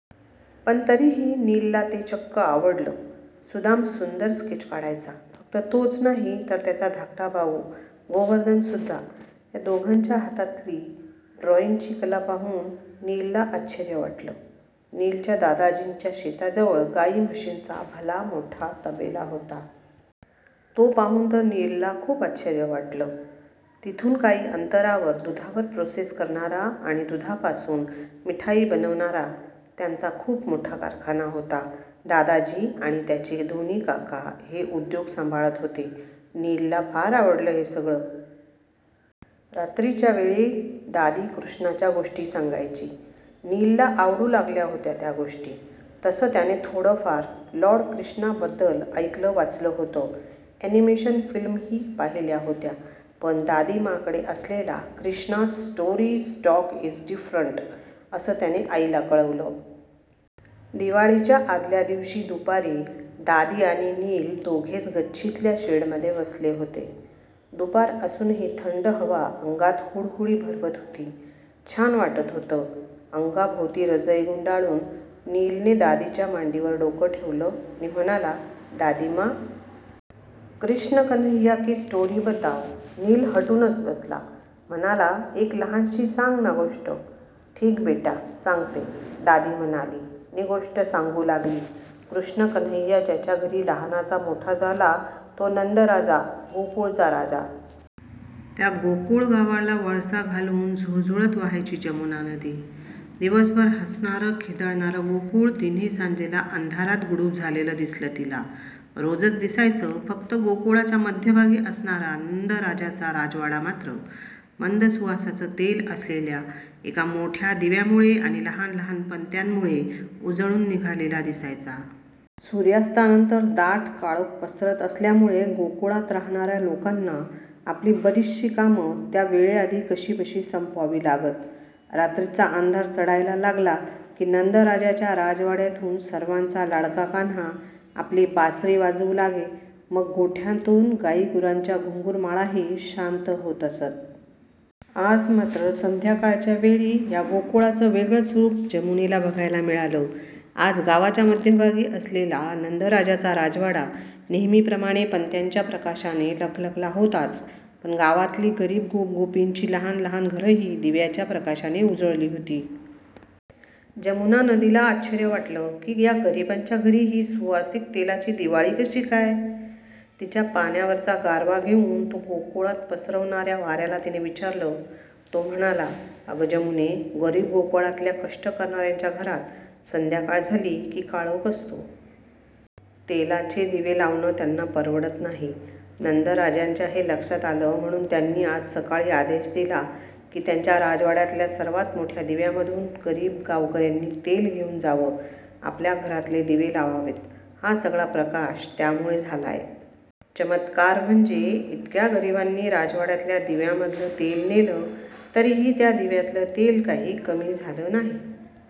पण तरीही नीलला ते चक्क आवडलं. सुदाम सुंदर स्केच काढायचा. फक्त तोच नाही तर त्याचा धाकटा भाऊ गोवर्धनसुद्धा. त्या दोघांच्या हातातली ड्रॉइंगची कला पाहून नीलला आश्चर्य वाटलं. नीलच्या दादाजींच्या शेताजवळ गाई-म्हशींचा भलामोठा तबेला होता. तो पाहून तर नीलला खूप आश्चर्य वाटलं. तिथून काही अंतरावर दुधावर प्रोसेस करणारा आणि दुधापासून मिठाई बनवणारा त्यांचा खूप मोठा कारखाना होता. दादाजी आणि त्याचे दोन्ही काका हे उद्योग सांभाळत होते. नीलला फार आवडलं हे सगळं. रात्रीच्या वेळी दादी कृष्णाच्या गोष्टी सांगायची. नीलला आवडू लागल्या होत्या त्या गोष्टी. तसं त्यानं थोडंफार लॉर्ड क्रिष्णाबद्दल ऐकलं-वाचलं होतं. ॲनिमेशन फिल्मही पाहिल्या होत्या. पण, 'दादीमाकडे असलेला Krishna's stories stock is different,' असं त्यानं आईला कळवलं. दिवाळीच्या आदल्या दिवशी दुपारी दादी आणि नील दोघेच गच्चीतल्या शेडमध्ये बसले होते. दुपार असूनही थंड हवा अंगात हुडहुडी भरवत होती. छान वाटत होतं. अंगाभोवती रजई गुंडाळून नीलने दादीच्या मांडीवर डोकं ठेवलं नि म्हणाला, "दादीमा... क्रिष्ण कन्हैय्या की स्टोरी बताओ." नील हटूनच बसला. म्हणाला, "एक लहानशी सांग ना गोष्ट." "ठीक बेटा, सांगते." दादी म्हणाली नि गोष्ट सांगू लागली. 'कृष्णकन्हैय्या ज्याच्या घरी लहानाचा मोठा झाला तो नंद राजा. गोकुळचा राजा. त्या गोकुळ गावाला वळसा घालून झुळझुळत वाहायची जमुना नदी. दिवसभर हसणारं, खिदळणारं गोकुळ तिन्हीसांजेला अंधारात गुडूप झालेलं दिसलं तिला. रोजच दिसायचं. फक्त गोकुळाच्या मध्यभागी असणारा नंदराजाचा राजवाडा मात्र, मंद सुवासाचं तेल असलेल्या एका मोठ्या दिव्यामुळे आणि लहान लहान पणत्यांमुळे उजळून निघालेला दिसायचा. सूर्यास्तानंतर दाट काळोख पसरत असल्यामुळे गोकुळात राहणाऱ्या लोकांना आपली बरीचशी कामं त्या वेळेआधी कशीबशी संपवावी लागत. रात्रीचा अंधार चढायला लागला की, नंदराजाच्या राजवाड्यातून सर्वांचा लाडका कान्हा आपली बासरी वाजवू लागे. मग गोठ्यांतून गाई-गुरांच्या घुंगुरमाळाही शांत होत असत. आज मात्र संध्याकाळच्या वेळी या गोकुळाचं वेगळंच रूप जमुनेला बघायला मिळालं. आज गावाच्या मध्यभागी असलेला नंदराजाचा राजवाडा नेहमीप्रमाणे पणत्यांच्या प्रकाशानं लखलखला होताच, पण गावातली गरीब गोप-गोपींची लहान लहान घरंही दिव्याच्या प्रकाशानं उजळली होती. जमुनानदीला आश्चर्य वाटलं की, या गरिबांच्या घरी ही सुवासिक तेलाची दिवाळी कशी काय? तिच्या पाण्यावरचा गारवा घेऊन तो गोकुळात पसरवणाऱ्या वाऱ्याला तिने विचारलं. तो म्हणाला, "अगं जमुने, गरीब गोकुळातल्या कष्ट करणाऱ्यांच्या घरात संध्याकाळ झाली की, काळोख असतो. तेलाचे दिवे लावणं त्यांना परवडत नाही. नंदराजांच्या हे लक्षात आलं. म्हणून त्यांनी आज सकाळी आदेश दिला की, त्यांच्या राजवाड्यातल्या सर्वात मोठ्या दिव्यामधून गरीब गावकऱ्यांनी तेल घेऊन जावं. आपल्या घरातले दिवे लावावेत. हा सगळा प्रकाश त्यामुळे झालाय. चमत्कार म्हणजे, इतक्या गरिबांनी राजवाड्यातल्या दिव्यामधलं तेल नेलं, तरीही त्या दिव्यातलं तेल काही कमी झालं नाही.